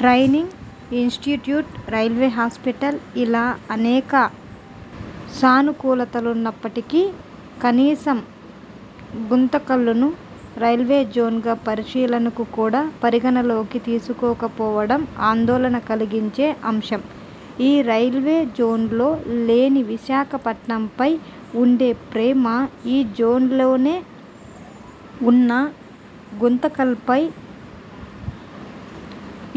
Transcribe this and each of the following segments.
Training institute, railway hospital ఇలా అనేక సానుకూలతలున్న ప్పటికీ, కనీసం గుంతకల్లును రైల్వేజోన్గా పరిశీలనకు కూడా పరిగణలోకి తీసుకోకపోవడం ఆందోళన కలిగించే అంశం. ఈ రైల్వే జోన్లో లేని విశాఖపట్నంపై ఉండే ప్రేమ ఈ జోన్లోనే ఉన్న గుంతకల్పై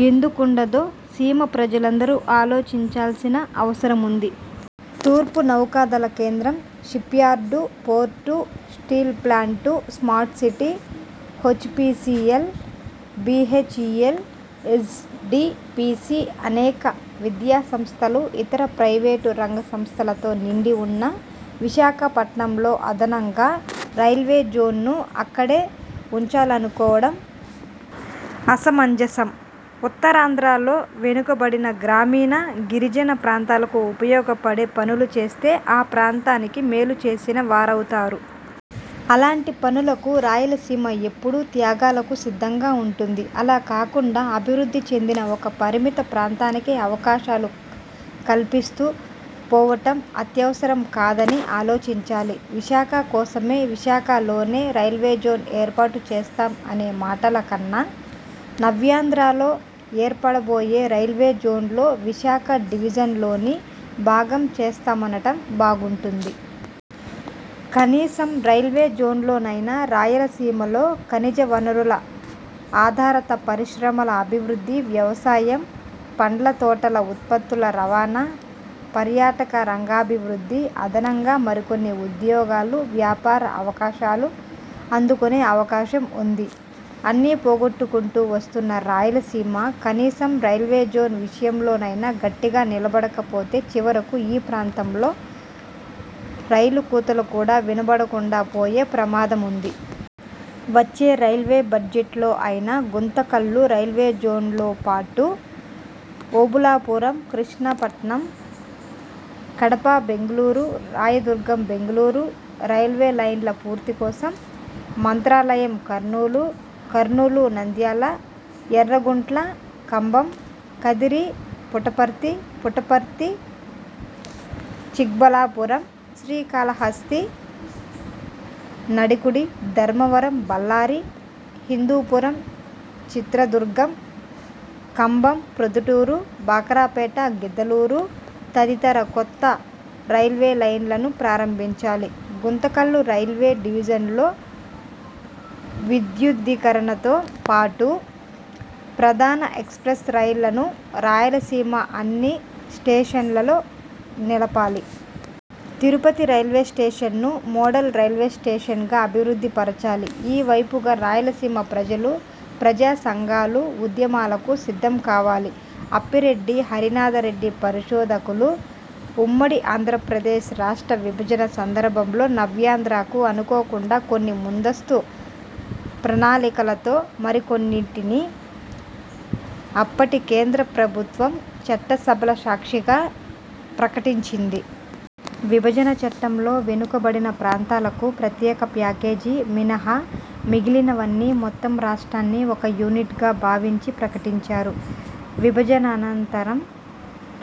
ఎందుకుండదో సీమ ప్రజలందరూ ఆలోచించాల్సిన అవసరముంది. తూర్పు నౌకాదళ కేంద్రం, shipyard, port, steel plant, smart city, H. P. C. L, BHEL, S. D. P. C. అనేక విద్యాసంస్థలు, ఇతర ప్రైవేటు రంగ సంస్థలతో నిండి ఉన్న విశాఖ పట్నంలో అదనంగా రైల్వేజోన్ను అక్కడే ఉంచాలనుకోవటం అసమంజసం. ఉత్తరాంధ్రలో వెనుకబడిన గ్రామీణ, గిరిజన ప్రాంతాలకు ఉపయోగపడే పనులుచేస్తే ఆ ప్రాంతానికి మేలుచేసిన వారవు తారు. అలాంటి పనులకు రాయలసీమ ఎప్పుడు త్యాగాలకు సిద్ధంగా ఉంటుంది. అలా కాకుండా అభివృద్ధి చెందిన ఒక పరిమిత ప్రాంతానికే అవకాశాలు కల్పిస్తూ పోవటం అత్యవసరం కాదని ఆలోచించాలి. విశాఖ కోసమే, విశాఖలోనే రైల్వేజోన్ ఏర్పాటు చేస్తాం అనే మాటల కన్నా నవ్యాంధ్రలో ఏర్పడబోయే రైల్వేజోన్లో విశాఖ డివిజన్లోని భాగం చేస్తామనటం బాగుంటుంది. కనీసం రైల్వేజోన్లోనైనా రాయలసీమలో ఖనిజ వనరుల ఆధారత పరిశ్రమల అభివృద్ధి, వ్యవసాయం, పండ్లతోటల ఉత్పత్తుల రవాణా, పర్యాటక రంగాభివృద్ధి, అదనంగా మరికొన్ని ఉద్యోగాలు, వ్యాపార అవకాశాలు అందుకొనే అవకాశంఉంది. అన్నీ పోగొట్టుకొంటూ వస్తున్న రాయలసీమ కనీసం రైల్వేజోన్ విషయంలోనైనా గట్టిగా నిలబడకపోతే చివరకు ఈ ప్రాంతంలో రైలుకూతలు కూడా వినబడకుండా పోయే ప్రమాదముంది. వచ్చే రైల్వేబడ్జెట్లో అయినా గుంతకల్లు రైల్వేజోన్లోపాటు, ఓబుళాపురం- కృష్ణపట్నం, కడప- బెంగళూరు, రాయదుర్గం-బెంగళూరు, రైల్వేలైన్ల పూర్తి కోసం, మంత్రాలయంకర్నూలు, కర్నూలు–-నంద్యాల, ఎర్రగుంట్ల-–కంభం, కదిరి-–పుట్టపర్తి, పుట్టపర్తి–-చిక్బళ్ళాపురం, శ్రీకాళహస్తి –నడికుడి, ధర్మవరం–-బళ్ళారి, హిందూపురం-– చిత్రదుర్గం, కంబం- –ప్రొద్దుటూరు, బాకరాపేట-–గిద్దలూరు తదితర కొత్త రైల్వేలైన్లను ప్రారంభించాలి. గుంతకల్లు రైల్వే డివిజన్లో విద్యుదీకరణతో పాటు, ప్రధాన ఎక్స్ప్రెస్ రైళ్ళను రాయలసీమ అన్ని స్టేషన్లలో నిలపాలి. తిరుపతి రైల్వేస్టేషన్ను మోడల్ రైల్వే స్టేషన్గా అభివృద్ధి పరచాలి. ఈ వైపుగా రాయలసీమ ప్రజలు, ప్రజా సంఘాలు ఉద్యమాలకు సిద్ధం కావాలి. అప్పిరెడ్డి హరినాథరెడ్డిపరిశోధకులు ఉమ్మడి ఆంధ్రప్రదేశ్ రాష్ట్ర విభజన సందర్భంలో నవ్యాంధ్రకు అనుకోకుండా కొన్ని, ముందస్తు ప్రణాళికలతో మరికొన్నింటిని అప్పటి కేంద్ర ప్రభుత్వం చట్టసభల సాక్షిగా ప్రకటించింది. విభజన చట్టంలో 'వెనుకబడిన ప్రాంతాలకు- ప్రత్యేకప్యాకేజీ' మినహా మిగిలినవన్నీ మొత్తం రాష్ట్రాన్ని ఒక యూనిట్గా భావించి ప్రకటించారు. విభజనానంతరం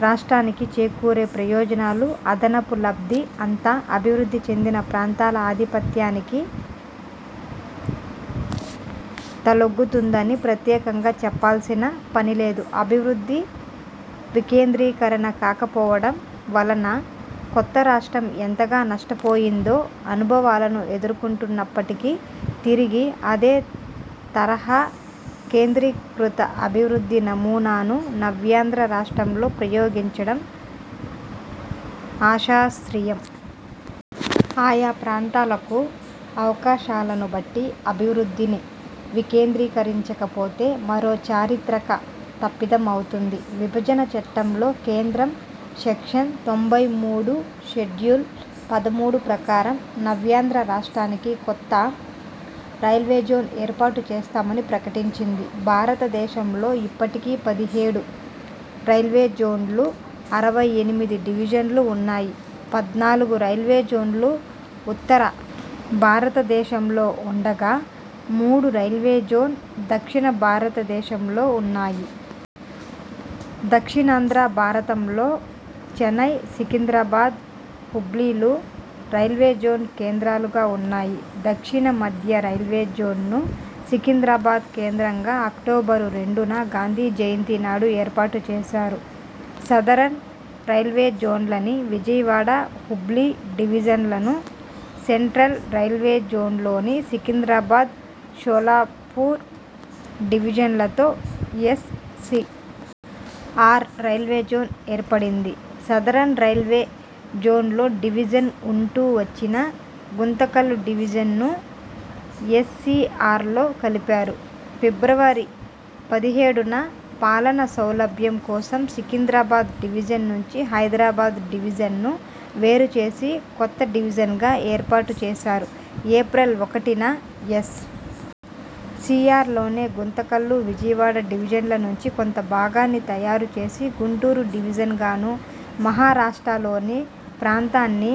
రాష్ట్రానికి చేకూరే ప్రయోజనాలు, అదనపు లబ్ధి అంతా అభివృద్ధి చెందిన ప్రాంతాల ఆధిపత్యానికి తలొగ్గుతుందని ప్రత్యేకంగా చెప్పాల్సిన పని లేదు. అభివృద్ధి వికేంద్రీకరణ కాకపోవటం వలన కొత్త రాష్ట్రం ఎంతగా నష్టపోయిందో అనుభవాలను ఎదుర్కొంటున్నప్పటికీ, తిరిగి అదే తరహా కేంద్రీకృత అభివృద్ధి నమూనాను నవ్యాంధ్ర రాష్ట్రంలో ప్రయోగించటం అశాస్త్రీయం. ఆయా ప్రాంతాలకు అవకాశాలనుబట్టి అభివృద్ధిని వికేంద్రీకరించకపోతే మరో చారిత్రక తప్పిదం అవుతుంది. విభజన చట్టంలో కేంద్రం సెక్షన్-తొంభై మూడు, షెడ్యూల్-పదమూడు ప్రకారం నవ్యాంధ్ర రాష్ట్రానికి కొత్త 'రైల్వేజోన్' ఏర్పాటు చేస్తామని ప్రకటించింది. భారతదేశంలో ఇప్పటికి పదిహేడు రైల్వేజోన్లు, అరవై ఎనిమిది డివిజన్లు ఉన్నాయి. పద్నాలుగు రైల్వేజోన్లు ఉత్తర భారతదేశంలోఉండగా, మూడు రైల్వేజోన్ దక్షిణ భారతదేశంలో ఉన్నాయి. దక్షిణాంధ్ర భారతంలో చెన్నై, సికింద్రాబాద్, హుబ్లీ లు రైల్వే జోన్ కేంద్రాలుగా ఉన్నాయి. దక్షిణమధ్య రైల్వేజోన్ ను సికింద్రాబాద్ కేంద్రంగా అక్టోబరు రెండున గాంధీ జయంతినాడు ఏర్పాటు చేశారు. సదరన్ రైల్వేజోన్లోని విజయవాడ, హుబ్లీ డివిజన్లను, సెంట్రల్ రైల్వేజోన్లోని సికింద్రాబాద్, షోలాపూర్ డివిజన్లతో యస్. సి. ఆర్. రైల్వేజోన్ ఏర్పడింది. సదరన్ రైల్వే జోన్లో డివిజన్ ఉంటూ వచ్చిన 'గుంతకల్లు డివిజన్'ను యస్. సి. ఆర్. లో కలిపారు. ఫిబ్రవరి పదిహేడున పాలనాసౌలభ్యం కోసం సికింద్రాబాద్ డివిజన్ నుంచి హైదరాబాద్ డివిజన్ను వేరుచేసి కొత్త డివిజన్గా ఏర్పాటు చేశారు. ఏప్రిల్ ఒకటిన యస్. సి. ఆర్. లోనే గుంతకల్లు విజయవాడ డివిజన్ల నుంచి కొంత భాగాన్ని తయారుచేసి గుంటూరు డివిజన్ గాను, మహారాష్ట్రలోని ప్రాంతాన్ని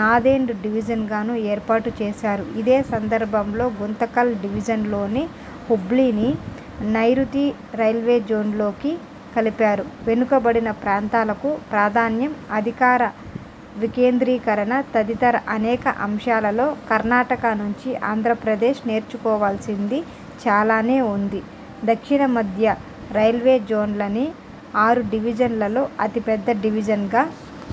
నాందేడ్ డివిజన్గాను ఏర్పాటు చేశారు. ఇదే సందర్భంలో గుంతకల్ డివిజన్లోని హుబ్లీని నైరుతి రైల్వేజోన్లోకి కలిపారు. వెనుకబడిన ప్రాంతాలకు ప్రాధాన్యం, అధికార వికేంద్రీకరణ తదితర అనేక అంశాలలో కర్ణాటక నుంచి ఆంధ్రప్రదేశ్ నేర్చుకోవాల్సింది చాలానే ఉంది. దక్షిణమధ్య రైల్వేజోన్లోని ఆరు డివిజన్లలో అతిపెద్ద డివిజన్గా